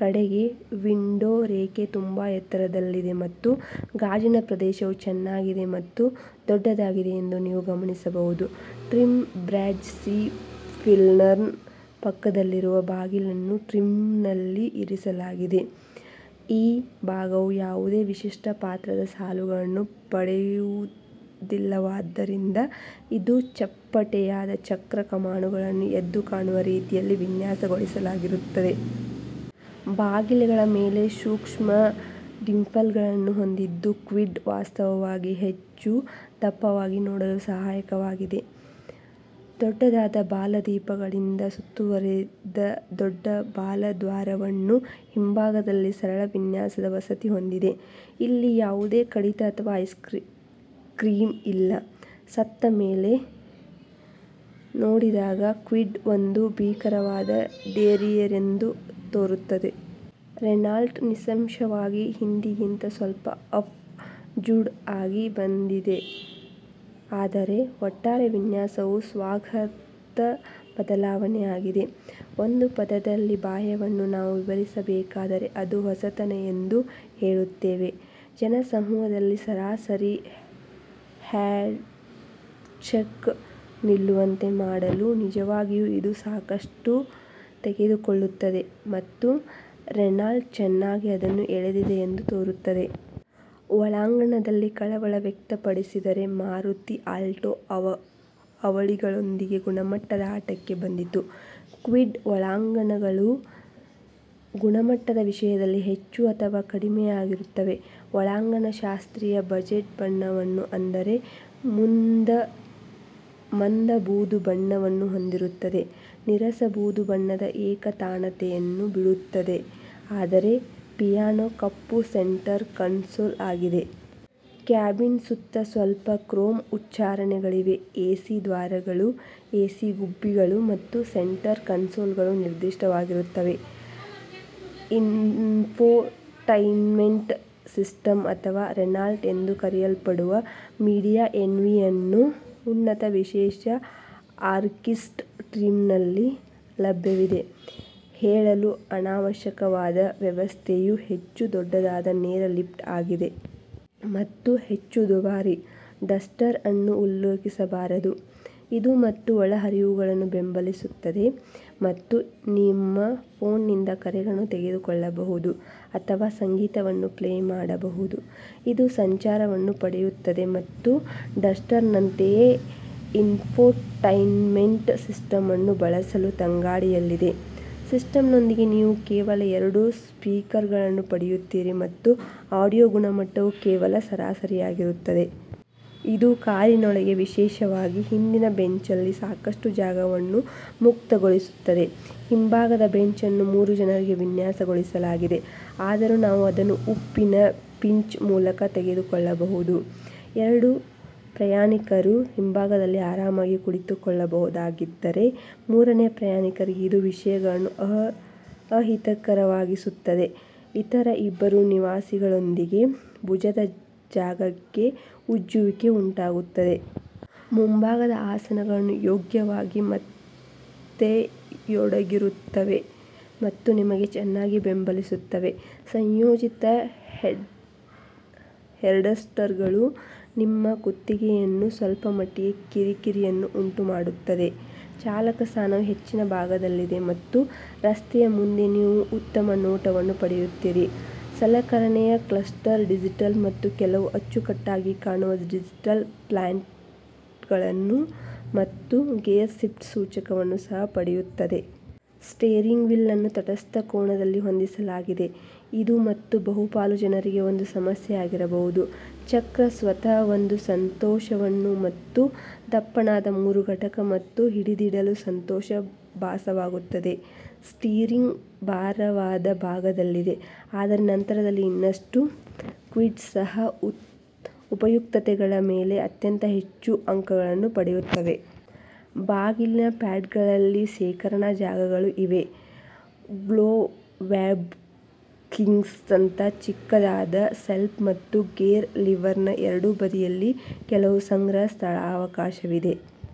ಕಡೆಗೆ, ವಿಂಡೋ ರೇಖೆ ತುಂಬಾ ಎತ್ತರದಲ್ಲಿದೆ ಮತ್ತು ಗಾಜಿನ ಪ್ರದೇಶವು ಚೆನ್ನಾಗಿದೆ ಮತ್ತು ದೊಡ್ಡದಾಗಿದೆ ಎಂದು ನೀವು ಗಮನಿಸಬಹುದು. ಟ್ರಿಮ್ ಬ್ಯಾಡ್ಜ್ ಸಿ-ಪಿಲ್ಲರ್ನ ಪಕ್ಕದಲ್ಲಿರುವ ಬಾಗಿಲನ್ನು ಟ್ರಿಮ್ನಲ್ಲಿ ಇರಿಸಲಾಗಿದೆ. ಈ ಭಾಗವು ಯಾವುದೇ ವಿಶಿಷ್ಟ ಪಾತ್ರದ ಸಾಲುಗಳನ್ನು ಪಡೆಯುವುದಿಲ್ಲವಾದ್ದರಿಂದ, ಇದು ಚಪ್ಪಟೆಯಾದ ಚಕ್ರ ಕಮಾನುಗಳನ್ನು ಎದ್ದುಕಾಣುವ ರೀತಿಯಲ್ಲಿ ವಿನ್ಯಾಸಗೊಳಿಸಲಾಗಿರುತ್ತದೆ. ಬಾಗಿಲಗಳ ಮೇಲೆ ಸೂಕ್ಷ್ಮ ಡಿಂಪಲ್ಗಳನ್ನು ಹೊಂದಿದ್ದು ಕ್ವಿಡ್ ವಾಸ್ತವವಾಗಿ ಹೆಚ್ಚು ದಪ್ಪವಾಗಿ ನೋಡಲು ಸಹಾಯಕವಾಗಿದೆ. ದೊಡ್ಡದಾದ ಬಾಲ-ದೀಪಗಳಿಂದ ಸುತ್ತುವರಿದ ದೊಡ್ಡ ಬಾಲ ದ್ವಾರವನ್ನು ಹಿಂಭಾಗದಲ್ಲಿ ಸರಳ ವಿನ್ಯಾಸದ ವಸತಿ ಹೊಂದಿದೆ. ಇಲ್ಲಿ ಯಾವುದೇ ಕಡಿತ ಅಥವಾ ಕ್ರೀಸ್ ಇಲ್ಲ. ಸತ್ತ ಮೇಲೆ ನೋಡಿದಾಗ, ಕ್ವಿಡ್ ಒಂದು ಭೀಕರವಾದ ಡೆರಿಯರ್ ಎಂದು ತೋರುತ್ತದೆ. ರೆನಾಲ್ಟ್ ನಿಸ್ಸಂಶಯವಾಗಿ ಹಿಂದಿಗಿಂತ ಸ್ವಲ್ಪ ಅಪ್ ಝಾಜ್ಡ್ಆಗಿ ಬಂದಿದೆ ಆದರೆ, ಒಟ್ಟಾರೆ ವಿನ್ಯಾಸವು ಸ್ವಾಗತಾರ್ಹ ಬದಲಾವಣೆಯಾಗಿದೆ. ಒಂದು ಪದದಲ್ಲಿ ಬಾಹ್ಯವನ್ನು ನಾನು ವಿವರಿಸಬೇಕಾದರೆ, ಅದು 'ಹೊಸತನ' ಎಂದು ಹೇಳುತ್ತೇವೆ. ಜನಸಮೂಹದಲ್ಲಿ ಸರಾಸರಿ ಹ್ಯಾಚ್ಬ್ಯಾಕ್ ನಿಲ್ಲುವಂತೆ ಮಾಡಲು ನಿಜವಾಗಿಯೂ ಇದು ಸಾಕಷ್ಟು ತೆಗೆದುಕೊಳ್ಳುತ್ತದೆ ಮತ್ತು ರೆನಾಲ್ಟ್ ಚೆನ್ನಾಗಿ ಅದನ್ನು ಎಳೆದಿದೆ ಎಂದು ತೋರುತ್ತದೆ. ಒಳಾಂಗಣದಲ್ಲಿ ಕಳವಳ ವ್ಯಕ್ತಪಡಿಸಿದರೆ, ಮಾರುತಿ ಆಲ್ಟೊ ಅವಳಿಗಳೊಂದಿಗೆ ಗುಣಮಟ್ಟದ ಆಟಕ್ಕೆ ಬಂದಿತು. ಕ್ವಿಡ್ನ ಒಳಾಂಗಣಗಳು ಗುಣಮಟ್ಟದ ವಿಷಯದಲ್ಲಿ ಹೆಚ್ಚು ಅಥವಾ ಕಡಿಮೆಯಾಗಿರುತ್ತವೆ. ಒಳಾಂಗಣ ಶಾಸ್ತ್ರೀಯ ಬಜೆಟ್ ಬಣ್ಣವನ್ನು ಅಂದರೆ ಮಂದ ಬೂದು ಬಣ್ಣವನ್ನು ಹೊಂದಿರುತ್ತದೆ. ನೀರಸ ಬೂದುಬಣ್ಣದ ಏಕತಾನತೆಯನ್ನು ಬಿಡುತ್ತದೆ ಆದರೆ ಪಿಯಾನೋ ಕಪ್ಪು ಸೆಂಟರ್ ಕನ್ಸೋಲ್ ಆಗಿದೆ. ಕ್ಯಾಬಿನ್ ಸುತ್ತ ಸ್ವಲ್ಪ ಕ್ರೋಮ್ ಉಚ್ಚಾರಣೆಗಳಿವೆ ಎಸಿ ದ್ವಾರಗಳು, ಎಸಿ ಗುಬ್ಬಿಗಳು ಮತ್ತು ಸೆಂಟರ್ ಕನ್ಸೋಲ್ಗಳು ನಿರ್ದಿಷ್ಟವಾಗಿರುತ್ತವೆ. ಇನ್ಫೋಟೈನ್ಮೆಂಟ್ ಸಿಸ್ಟಮ್ ಅಥವಾ ರೆನಾಲ್ಟ್ ಎಂದು ಕರೆಯಲ್ಪಡುವ 'ಮೀಡಿಯಾಎನ್ವಿ' ಅನ್ನು ಉನ್ನತ ವಿಶೇಷ ಆರ್ಎಕ್ಸ್ಟಿ ಟ್ರಿಮ್ನಲ್ಲಿ ಲಭ್ಯವಿದೆ. ಹೇಳಲು ಅನಾವಶ್ಯಕವಾದ, ವ್ಯವಸ್ಥೆಯು ಹೆಚ್ಚು ದೊಡ್ಡದಾದ ನೇರ ಲಿಫ್ಟ್ ಆಗಿದೆ. ಮತ್ತು ಹೆಚ್ಚು ದುಬಾರಿ, ಡಸ್ಟರ್ ಅನ್ನು ಉಲ್ಲೇಖಿಸಬಾರದು. ಇದು ಮತ್ತು ಒಳಹರಿವುಗಳನ್ನು ಬೆಂಬಲಿಸುತ್ತದೆ ಮತ್ತು ನಿಮ್ಮ ಫೋನ್ನಿಂದ ಕರೆಗಳನ್ನು ತೆಗೆದುಕೊಳ್ಳಬಹುದು ಅಥವಾ ಸಂಗೀತವನ್ನು ಪ್ಲೇ ಮಾಡಬಹುದು. ಇದು ಸಂಚಾರವನ್ನು ಪಡೆಯುತ್ತದೆ ಮತ್ತು ಡಸ್ಟರ್ನಂತೆಯೇ, ಇನ್ಫೋಟೈನ್ಮೆಂಟ್ ಸಿಸ್ಟಮ್ ಅನ್ನು ಬಳಸಲು ತಂಗಾಳಿಯಲ್ಲಿದೆ. ಸಿಸ್ಟಂನೊಂದಿಗೆ ನೀವು ಕೇವಲ ಎರಡು ಸ್ಪೀಕರ್ಗಳನ್ನು ಪಡೆಯುತ್ತೀರಿ ಮತ್ತು ಆಡಿಯೋ ಗುಣಮಟ್ಟವು ಕೇವಲ ಸರಾಸರಿಯಾಗಿರುತ್ತದೆ. ಇದು ಕಾರಿನೊಳಗೆ, ವಿಶೇಷವಾಗಿ ಹಿಂದಿನ ಬೆಂಚ್ನಲ್ಲಿ ಸಾಕಷ್ಟು ಜಾಗವನ್ನು ಮುಕ್ತಗೊಳಿಸುತ್ತದೆ. ಹಿಂಭಾಗದ ಬೆಂಚ್ ಅನ್ನು ಮೂರು ಜನರಿಗೆ ವಿನ್ಯಾಸಗೊಳಿಸಲಾಗಿದೆ, ಆದರೂ ನಾವು ಅದನ್ನು ಉಪ್ಪಿನ ಪಿಂಚ್ ಮೂಲಕ ತೆಗೆದುಕೊಳ್ಳಬಹುದು. ಎರಡು ಪ್ರಯಾಣಿಕರು ಹಿಂಭಾಗದಲ್ಲಿ ಆರಾಮವಾಗಿ ಕುಳಿತುಕೊಳ್ಳಬಹುದಾಗಿದ್ದರೆ, ಮೂರನೆಯ ಪ್ರಯಾಣಿಕರಿಗೆ ಇದು ವಿಷಯಗಳನ್ನು ಅಹಿತಕರವಾಗಿಸುತ್ತದೆ ಇತರ ಇಬ್ಬರು ನಿವಾಸಿಗಳೊಂದಿಗೆ ಭುಜದ ಜಾಗಕ್ಕೆ ಉಜ್ಜುವಿಕೆ ಉಂಟಾಗುತ್ತದೆ. ಮುಂಭಾಗದ ಆಸನಗಳು ಯೋಗ್ಯವಾಗಿ ಮೆತ್ತೆಯೊಡಗಿರುತ್ತವೆ ಮತ್ತು ನಿಮಗೆ ಚೆನ್ನಾಗಿ ಬೆಂಬಲಿಸುತ್ತವೆ. ಸಂಯೋಜಿತ ಹೆಡ್ರೆಸ್ಟ್ಗಳು ನಿಮ್ಮ ಕುತ್ತಿಗೆಯನ್ನು ಸ್ವಲ್ಪಮಟ್ಟಿಗೆ ಕಿರಿಕಿರಿಯನ್ನು ಉಂಟು ಮಾಡುತ್ತದೆ. ಚಾಲಕ ಸ್ಥಾನವು ಹೆಚ್ಚಿನ ಭಾಗದಲ್ಲಿದೆ ಮತ್ತು ರಸ್ತೆಯ ಮುಂದೆ ನೀವು ಉತ್ತಮ ನೋಟವನ್ನು ಪಡೆಯುತ್ತೀರಿ. ಸಲಕರಣೆ ಕ್ಲಸ್ಟರ್ ಡಿಜಿಟಲ್ ಮತ್ತು ಕೆಲವು ಅಚ್ಚುಕಟ್ಟಾಗಿ ಕಾಣುವ ಡಿಜಿಟಲ್ ಫಾಂಟ್ಗಳನ್ನು ಮತ್ತು ಗೇರ್ ಶಿಫ್ಟ್ ಸೂಚಕವನ್ನು ಸಹ ಪಡೆಯುತ್ತದೆ. ಸ್ಟೀರಿಂಗ್ ವೀಲ್ ಅನ್ನು ತಟಸ್ಥ ಕೋನದಲ್ಲಿ ಹೊಂದಿಸಲಾಗಿದೆ ಮತ್ತು ಇದು ಬಹುಪಾಲು ಜನರಿಗೆ ಒಂದು ಸಮಸ್ಯೆಯಾಗಿರಬಾರದು. ಚಕ್ರ ಸ್ವತಃ ಒಂದು ಸಂತೋಷವನ್ನು ಮತ್ತು ದಪ್ಪನಾದ ಮೂರು ಘಟಕ ಮತ್ತು ಹಿಡಿದಿಡಲು ಸಂತೋಷ ಭಾಸವಾಗುತ್ತದೆ. ಸ್ಟೀರಿಂಗ್ ಭಾರವಾದ ಭಾಗದಲ್ಲಿದೆ, ಆದರೆ ನಂತರದಲ್ಲಿ ಇನ್ನಷ್ಟು. ಕ್ವಿಡ್ ಸಹ ಉಪಯುಕ್ತತೆಗಳ ಮೇಲೆ ಅತ್ಯಂತ ಹೆಚ್ಚು ಅಂಕಗಳನ್ನು ಪಡೆಯುತ್ತವೆ. ಬಾಗಿಲಿನ ಪ್ಯಾಡ್ಗಳಲ್ಲಿ ಶೇಖರಣಾ ಜಾಗಗಳು ಇವೆ, ಗ್ಲೋವ್ಬಾಕ್ಸ್ಗಿಂತ ಚಿಕ್ಕದಾದ ಶೆಲ್ಫ್ ಮತ್ತು ಗೇರ್ ಲಿವರ್ನ ಎರಡೂ ಬದಿಯಲ್ಲಿ ಕೆಲವು ಸಂಗ್ರಹ ಸ್ಥಳಾವಕಾಶವಿದೆ.